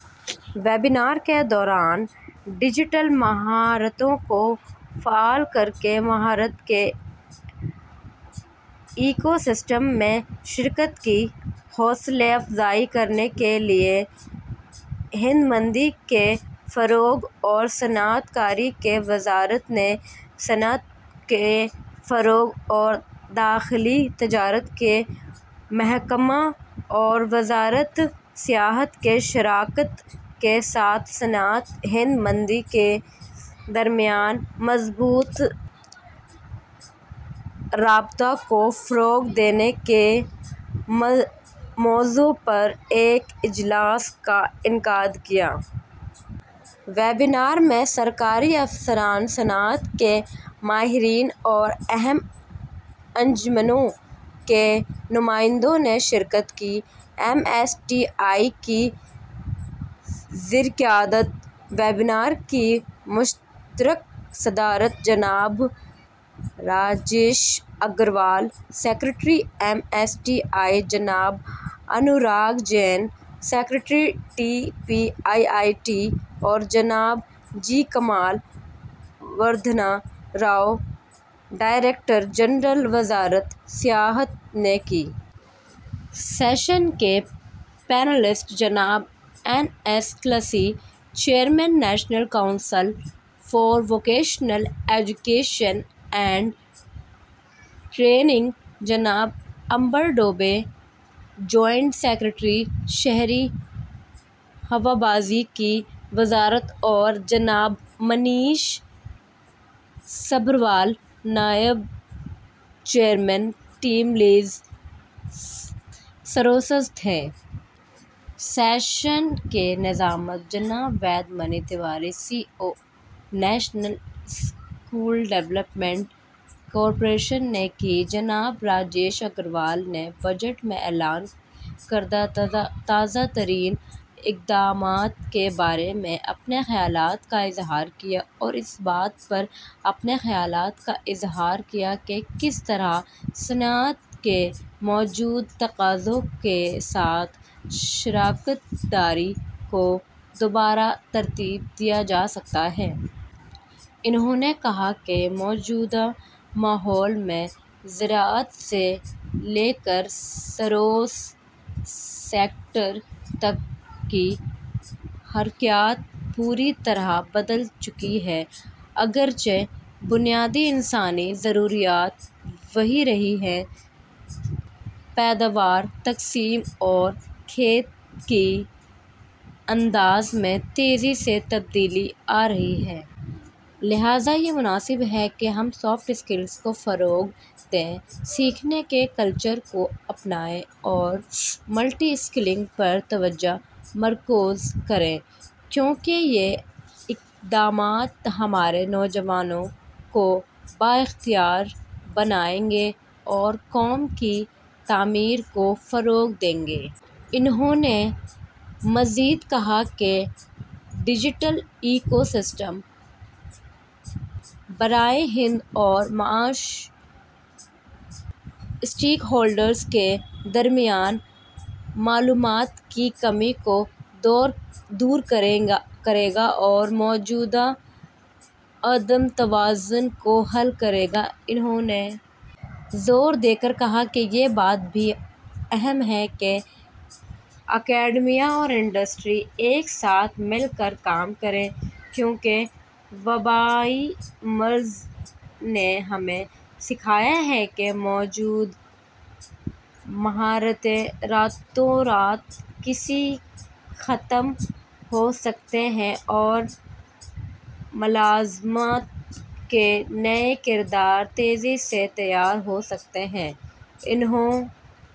Webinar کے دوران digital مہارتوں کو فعال کرکے مہارت کے ایکوسسٹم میں شرکت کی حوصلہ افزائی کرنے کے لیے ہنرمندی کے فروغ اور صنعت کاری کی وزارت نے صنعت کے فروغ اور داخلی تجارت کے محکمہ اور وزارت سیاحت کی شراکت کے ساتھ صنعت-ہنر مندی کے درمیان مضبوط رابطہ کو فروغ دینے کے موضوع پر ایک اجلاس کا انعقاد کیا۔ ویبینار میں سرکاری افسران، صنعت کے ماہرین اور اہم انجمنوں کے نمائندوں نے شرکت کی۔ ایم ایس ڈی ای کی زیرقیادت ویبینار کی مشترکہ صدارت جناب Rajesh Agarwal, secretary, M S D E, جناب Anurag Jain, secretary, D P I I T اور جناب G Kamala Vardhana Rao, director general, وزارت سیاحت نے کی۔ سیشن کے پینلسٹ جناب N S Kalsi, chairman, national council for vocational education and training, جناب امبر دوبے، جوائنٹ سکریٹری، شہری ہوا بازی کی وزارت اور جناب منیش سابھروال، نائب چیئرمین، ٹیم لیز سروسز تھے۔ سیشن کی نظامت جناب Ved Mani Tiwari, C O O, national skill development corporation نے کی۔ جناب راجیش اگروال نے بجٹ میں اعلان کردہ تازہ ترین اقدامات کے بارے میں اپنے خیالات کا اظہار کیا اور اس بات پر اپنے خیالات کا اظہار کیا کہ کس طرح صنعت کے موجودہ تقاضوں کے ساتھ شراکت داری کو دوبارہ ترتیب دیا جا سکتا ہے۔ انہوں نے کہا کہ موجودہ ماحول میں زراعت سے لے کر سروس سیکٹر تک کی حرکیات پوری طرح بدل چکی ہے۔ اگرچہ بنیادی انسانی ضروریات وہی رہی ہیں، پیداوار، تقسیم اور کھپت کے انداز میں تیزی سے تبدیلی آ رہی ہے۔ لہذا یہ مناسب ہے کہ ہم سافٹ اسکلز کو فروغ دیں، سیکھنے کے کلچر کو اپنائیں اور ملٹی اسکلنگ پر توجہ مرکوز کریں، کیونکہ یہ اقدامات ہمارے نوجوانوں کو بااختیار بنائیں گے اور قوم کی تعمیر کو فروغ دیں گے۔ انہوں نے مزید کہا کہ ڈیجیٹل ایکو سسٹم برائے ہنر اور معاش اسٹیک ہولڈرز کے درمیان معلومات کی کمی کو دور کرے گا اور موجودہ عدم توازن کو حل کرے گا۔ انہوں نے زور دے کر کہا کہ یہ بات بھی اہم ہے کہ اکیڈمیا اور انڈسٹری ایک ساتھ مل کر کام کریں کیونکہ وبائی مرض نے ہمیں سکھایا ہے کہ موجودہ مہارتیں راتوں رات کیسے ختم ہو سکتی ہیں اور ملازمت کے نئے کردار تیزی سے تیار ہو سکتے ہیں۔ انہوں